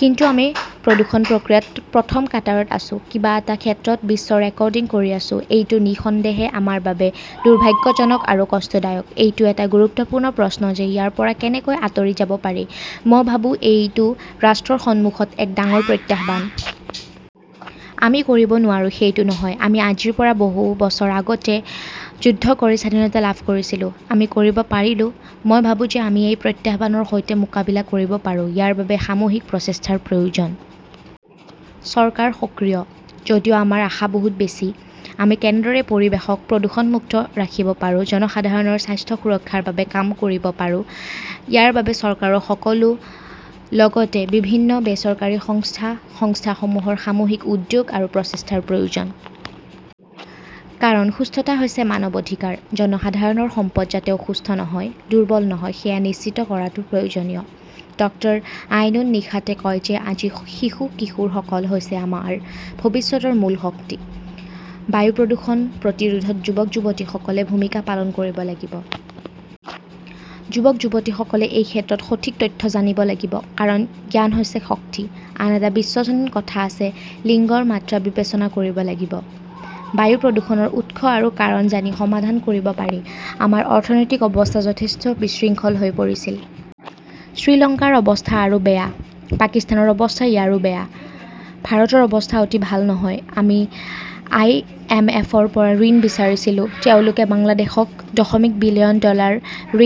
কিন্তু আমি প্ৰদূষণ প্ৰক্ৰিয়াত প্ৰথম কাটাৰত আছো। কিবা এটা ক্ষেত্ৰত বিশ্ব ৰেকৰ্ডিং কৰি আছো। এইটো নিঃসন্দেহে আমাৰ বাবে দুৰ্ভাগ্যজনক আৰু কষ্টদায়ক। এইটো এটা গুৰুত্বপূৰ্ণ প্ৰশ্ন যে ইয়াৰ পৰা কেনেকৈ আঁতৰি যাব পাৰি। মই ভাবো এইটো ৰাষ্ট্ৰৰ সন্মুখত এক ডাঙৰ প্ৰত্যাহ্বান। আমি কৰিব নোৱাৰো, সেইটো নহয়। আমি আজিৰ পৰা বছৰ আগতে যুদ্ধ কৰি স্বাধীনতা লাভ কৰিছিলো। আমি কৰিব পাৰিলো। মই ভাবো যে আমি এই প্ৰত্যাহ্বানৰ সৈতে মোকাবিলা কৰিব পাৰোঁ। ইয়াৰ বাবে সামূহিক প্ৰচেষ্টাৰ প্ৰয়োজন। চৰকাৰ সক্ৰিয়। যদিও আমাৰ আশা বহুত বেছি। আমি কেনেদৰে পৰিৱেশক প্ৰদূষণমুক্ত ৰাখিব পাৰোঁ জনসাধাৰণৰ স্বাস্থ্য সুৰক্ষাৰ বাবে কাম কৰিব পাৰোঁ ইয়াৰ বাবে চৰকাৰৰ লগতে বিভিন্ন বেচৰকাৰী সংস্থা, সংস্থাসমূহৰ সামূহিক উদ্যোগ আৰু প্ৰচেষ্টাৰ প্ৰয়োজন। কাৰণ সুস্থতা হৈছে মানৱ অধিকাৰ। জনসাধাৰণৰ সম্পদ যাতে অসুস্থ নহয়, দুৰ্বল নহয় সেয়া নিশ্চিত কৰাটো প্ৰয়োজনীয়। ডক্টৰ আইনুন নিশাতে কয় যে আজি শিশু-কিশোৰসকল হৈছে আমাৰ ভৱিষ্যতৰ মূল শক্তি। বায়ু প্ৰদূষণ প্ৰতিৰোধত যুৱক-যুৱতীসকলে ভূমিকা পালন কৰিব লাগিব। যুৱক-যুৱতীসকলে এই ক্ষেত্ৰত সঠিক তথ্য জানিব লাগিব। কাৰণ জ্ঞান হৈছে শক্তি। আন এটা বিশ্বজনীন কথা আছে, লিংগৰ মাত্ৰা বিবেচনা কৰিব লাগিব। বায়ু প্ৰদূষণৰ উৎস আৰু কাৰণ জানি সমাধান কৰিব পাৰি। আমাৰ অৰ্থনৈতিক অৱস্থা যথেষ্ট বিশৃংখল হৈ পৰিছিল। শ্ৰীলংকাৰ অৱস্থা আৰু বেয়া। পাকিস্তানৰ অৱস্থা ইয়াৰো বেয়া। ভাৰতৰ অৱস্থা অতি ভাল নহয়। আমি আইএমএফৰ পৰা ঋণ বিচাৰিছিলো। তেওঁলোকে বাংলাদেশক দশমিক বিলিয়ন ডলাৰ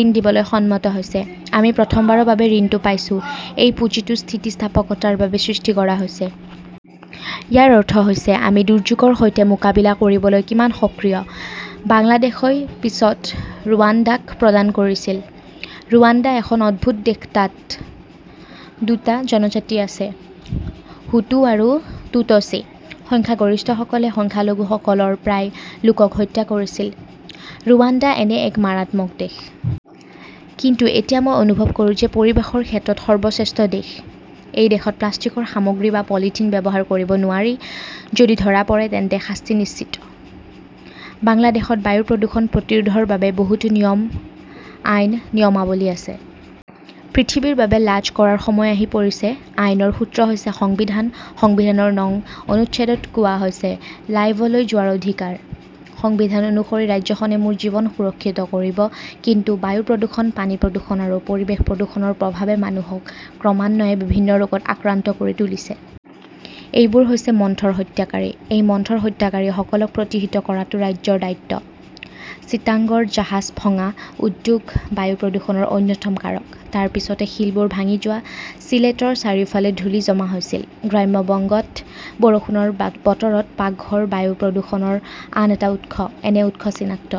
ঋণ দিবলৈ সন্মত হৈছে। আমি প্ৰথমবাৰৰ বাবে ঋণটো পাইছো। এই পুঁজিটো স্থিতিস্থাপকতাৰ বাবে সৃষ্টি কৰা হৈছে। ইয়াৰ অৰ্থ হৈছে আমি দুৰ্যোগৰ সৈতে মোকাবিলা কৰিবলৈ কিমান সক্ৰিয়। বাংলাদেশই পিছত ৰুৱাণ্ডাক প্ৰদান কৰিছিল। ৰুৱাণ্ডা এখন অদ্ভুত দেশতাত দুটা জনজাতি আছে-হুটু আৰু টুটচি। সংখ্যাগৰিষ্ঠসকলে সংখ্যালঘুসকলৰ প্ৰায় লোকক হত্যা কৰিছিল। ৰুৱাণ্ডা এনে এক মাৰাত্মক দেশ। কিন্তু এতিয়া মই অনুভৱ কৰোঁ যে পৰিৱেশৰ ক্ষেত্ৰত সৰ্বশ্ৰেষ্ঠ দেশ। সেই দেশত প্লাষ্টিকৰ সামগ্ৰী বা পলিথিন ব্যৱহাৰ কৰিব নোৱাৰি। যদি ধৰা পৰে তেন্তে শাস্তি নিশ্চিত। বাংলাদেশত বায়ু প্ৰদূষণ প্ৰতিৰোধৰ বাবে বহুতো আইন, নিয়ম, নিয়মাৱলী আছে। পৃথিৱীৰ বাবে লাজ কৰাৰ সময় আহি পৰিছে। আইনৰ সূত্ৰ হৈছে সংবিধান। সংবিধানৰ নং অনুচ্ছেদত কোৱা হৈছে লাইভলৈ যোৱাৰ অধিকাৰ । সংবিধান অনুসৰি ৰাজ্যখনে মোৰ জীৱন সুৰক্ষিত কৰিব। কিন্তু বায়ু প্ৰদূষণ, পানী প্ৰদূষণ আৰু পৰিৱেশ প্ৰদূষণৰ প্ৰভাৱে মানুহক ক্ৰমান্বয়ে বিভিন্ন ৰোগত আক্ৰান্ত কৰি তুলিছে। এইবোৰ হৈছে মন্থৰ হত্যাকাৰী । এই মন্থৰ হত্যাকাৰীসকলক প্ৰতিহত কৰাটো ৰাজ্যৰ দায়িত্ব। চিটাগংৰ জাহাজ ভঙা উদ্যোগ বায়ু প্ৰদূষণৰ অন্যতম কাৰক। তাৰ পিছতে শিলবোৰ ভাঙি যোৱা শ্বিলেটৰ চাৰিওফালে ধূলি জমা হৈছিল। গ্ৰাম্য বংগত বৰষুণৰ বতৰত পাকঘৰ বায়ু প্ৰদূষণৰ আন এটা উৎস। এনে উৎস চিনাক্ত